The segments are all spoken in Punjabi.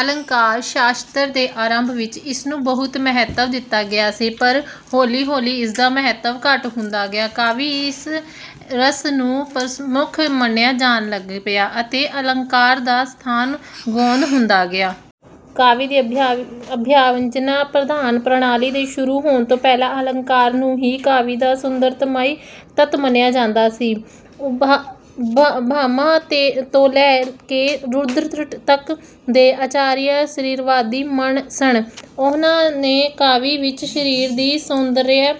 ਅਲੰਕਾਰ-ਸ਼ਾਸਤਰ ਦੇ ਆਰੰਭ ਵਿੱਚ ਇਸਨੂੰ ਬਹੁਤ ਮਹੱਤਵ ਦਿੱਤਾ ਗਿਆ ਸੀ, ਪਰ ਹੌਲੀ-ਹੌਲੀ ਇਸਦਾ ਮਹੱਤਵ ਘੱਟ ਹੁੰਦਾ ਗਿਆ। ਕਾਵਿ ਵਿੱਚ ਰਸ ਨੂੰ ਪ੍ਰਮੁੱਖ ਮੰਨਿਆ ਜਾਣ ਲੱਗ ਪਿਆ ਅਤੇ ਅਲੰਕਾਰ ਦਾ ਸਥਾਨ ਗੌਣ ਹੁੰਦਾ ਗਿਆ। ਕਾਵਿ ਦੀ ਅਭਿਵਿਅੰਜਨਾ ਪ੍ਰਧਾਨ ਪ੍ਰਣਾਲੀ ਦੇ ਸ਼ੁਰੂ ਹੋਣ ਤੋਂ ਪਹਿਲਾਂ ਅਲੰਕਾਰ ਨੂੰ ਹੀ ਕਾਵਿ ਦਾ ਸੁੰਦਰਤਾਮਈ ਤੱਤ ਮੰਨਿਆ ਜਾਂਦਾ ਸੀ। ਭਾਮਹ ਤੋਂ ਲੈ ਕੇ ਰੁਦਰਟ ਤੱਕ ਦੇ ਆਚਾਰੀਆ ਸਰੀਰਵਾਦੀ ਸਨ। ਉਹਨਾਂ ਨੇ ਕਾਵਿ ਵਿੱਚ ਸਰੀਰ ਦੇ ਸੌਂਦਰਯ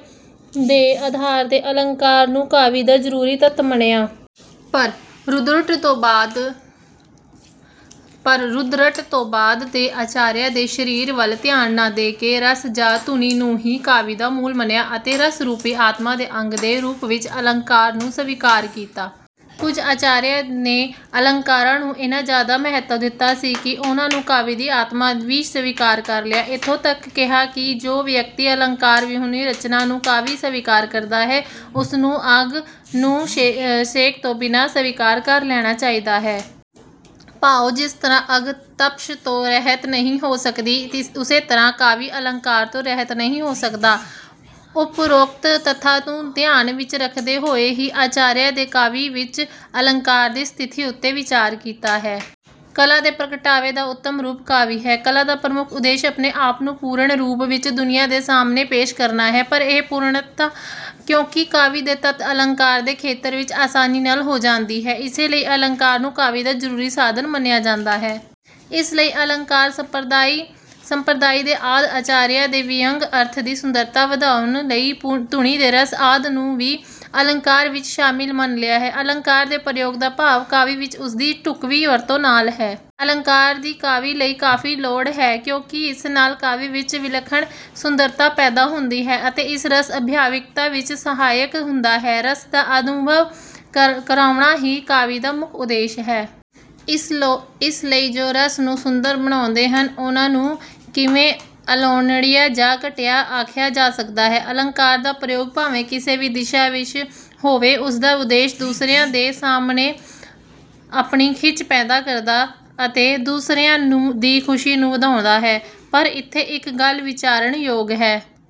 ਦੇ ਆਧਾਰ 'ਤੇ ਅਲੰਕਾਰ ਨੂੰ ਕਾਵਿ ਦਾ ਜ਼ਰੂਰੀ ਤੱਤ ਮੰਨਿਆ। ਪਰ ਰੁਦਰਟ ਤੋਂ ਬਾਅਦ ਦੇ ਆਚਾਰੀਆਂ ਨੇ ਸਰੀਰ ਵੱਲ ਧਿਆਨ ਨਾ ਦੇ ਕੇ, ਰਸ ਜਾਂ ਧੁਨੀ ਨੂੰ ਹੀ ਕਾਵਿ ਦਾ ਮੂਲ ਮੰਨਿਆ ਅਤੇ ਰਸ ਰੂਪੀ ਆਤਮਾ ਦੇ ਅੰਗ ਦੇ ਰੂਪ ਵਿੱਚ ਅਲੰਕਾਰ ਨੂੰ ਸਵੀਕਾਰ ਕੀਤਾ। ਕੁਝ ਆਚਾਰੀਆਂ ਨੇ ਅਲੰਕਾਰਾਂ ਨੂੰ ਇੰਨਾ ਜ਼ਿਆਦਾ ਮਹੱਤਵ ਦਿੱਤਾ ਸੀ ਕਿ ਉਹਨਾਂ ਨੂੰ ਕਾਵਿ ਦੀ ਆਤਮਾ ਹੀ ਸਵੀਕਾਰ ਕਰ ਲਿਆ। ਇੱਥੋਂ ਤੱਕ ਕਿਹਾ ਕਿ ਜੋ ਵਿਅਕਤੀ ਅਲੰਕਾਰ ਵਿਹੂਣੀ ਰਚਨਾ ਨੂੰ 'ਕਾਵਿ' ਸਵੀਕਾਰ ਕਰਦਾ ਹੈ, ਉਸ ਨੂੰ ਅੱਗ ਨੂੰ ਸੇਕ ਤੋਂ ਬਿਨਾਂ ਸਵੀਕਾਰ ਕਰ ਲੈਣਾ ਚਾਹੀਦਾ ਹੈ। ਭਾਵ ਜਿਸ ਤਰ੍ਹਾਂ ਅੱਗ ਤਪਸ਼ ਤੋਂ ਰਹਿਤ ਨਹੀਂ ਹੋ ਸਕਦੀ, ਉਸੇ ਤਰ੍ਹਾਂ ਕਾਵਿ 'ਅਲੰਕਾਰ' ਤੋਂ ਰਹਿਤ ਨਹੀਂ ਹੋ ਸਕਦਾ। ਉਪਰੋਕਤ ਤੱਥਾਂ ਨੂੰ ਧਿਆਨ ਵਿੱਚ ਰੱਖਦੇ ਹੋਏ ਹੀ ਆਚਾਰੀਆਂ ਨੇ ਕਾਵਿ ਵਿੱਚ ਅਲੰਕਾਰ ਦੀ ਸਥਿਤੀ ਉੱਤੇ ਵਿਚਾਰ ਕੀਤਾ ਹੈ। ਕਲਾ ਦੇ ਪ੍ਰਗਟਾਵੇ ਦਾ ਉੱਤਮ ਰੂਪ 'ਕਾਵਿ' ਹੈ। ਕਲਾ ਦਾ ਪ੍ਰਮੁੱਖ ਉਦੇਸ਼ ਆਪਣੇ ਆਪ ਨੂੰ ਪੂਰਨ ਰੂਪ ਵਿੱਚ ਦੁਨੀਆਂ ਦੇ ਸਾਹਮਣੇ ਪੇਸ਼ ਕਰਨਾ ਹੈ, ਪਰ ਇਹ ਪੂਰਨਤਾ ਕਿਉਂਕਿ ਕਾਵਿ ਦੇ ਤੱਤ 'ਅਲੰਕਾਰ' ਦੇ ਖੇਤਰ ਵਿੱਚ ਆਸਾਨੀ ਨਾਲ ਹੋ ਜਾਂਦੀ ਹੈ, ਇਸੇ ਲਈ ਅਲੰਕਾਰ ਨੂੰ ਕਾਵਿ ਦਾ ਜ਼ਰੂਰੀ ਸਾਧਨ ਮੰਨਿਆ ਜਾਂਦਾ ਹੈ। ਇਸ ਲਈ ਅਲੰਕਾਰ ਸੰਪਰਦਾਇ ਦੇ ਆਦਿ ਆਚਾਰੀਆਂ ਨੇ ਵਿਅੰਗ ਅਰਥ ਦੀ ਸੁੰਦਰਤਾ ਵਧਾਉਣ ਲਈ 'ਧੁਨੀ ਤੇ ਰਸ' ਆਦਿ ਨੂੰ ਵੀ ਅਲੰਕਾਰ ਵਿੱਚ ਸ਼ਾਮਿਲ ਮੰਨ ਲਿਆ ਹੈ। ਅਲੰਕਾਰ ਦੇ ਪ੍ਰਯੋਗ ਦਾ ਭਾਵ ਕਾਵਿ ਵਿੱਚ ਉਸਦੀ ਢੁੱਕਵੀਂ ਵਰਤੋਂ ਨਾਲ ਹੈ। ਅਲੰਕਾਰ ਦੀ ਕਾਵਿ ਲਈ ਕਾਫ਼ੀ ਲੋੜ ਹੈ ਕਿਉਂਕਿ ਇਸ ਨਾਲ ਕਾਵਿ ਵਿੱਚ ਵਿਲੱਖਣ ਸੁੰਦਰਤਾ ਪੈਦਾ ਹੁੰਦੀ ਹੈ ਅਤੇ ਇਹ ਰਸ ਅਭਿਵਿਅਕਤੀ ਵਿੱਚ ਸਹਾਇਕ ਹੁੰਦਾ ਹੈ। ਰਸ ਦਾ ਅਨੁਭਵ ਕਰਵਾਉਣਾ ਹੀ ਕਾਵਿ ਦਾ ਮੁੱਖ ਉਦੇਸ਼ ਹੈ। ਇਸ ਲਈ ਜੋ ਰਸ ਨੂੰ ਸੁੰਦਰ ਬਣਾਉਂਦੇ ਹਨ, ਉਹਨਾਂ ਨੂੰ ਕਿਵੇਂ ਅਣਲੋੜੀਂਦਾ ਜਾਂ ਘਟੀਆ ਆਖਿਆ ਜਾ ਸਕਦਾ ਹੈ। ਅਲੰਕਾਰ ਦਾ ਪ੍ਰਯੋਗ ਭਾਵੇਂ ਕਿਸੇ ਵੀ ਦਿਸ਼ਾ ਵਿੱਚ ਹੋਵੇ, ਉਸਦਾ ਉਦੇਸ਼ ਦੂਸਰਿਆਂ ਦੇ ਸਾਹਮਣੇ ਆਪਣੀ ਖਿੱਚ ਪੈਦਾ ਕਰਨਾ ਅਤੇ ਦੂਸਰਿਆਂ ਦੀ ਖੁਸ਼ੀ ਨੂੰ ਵਧਾਉਣਾ ਹੈ। ਪਰ ਇੱਥੇ ਇੱਕ ਗੱਲ ਵਿਚਾਰਨ ਯੋਗ ਹੈ।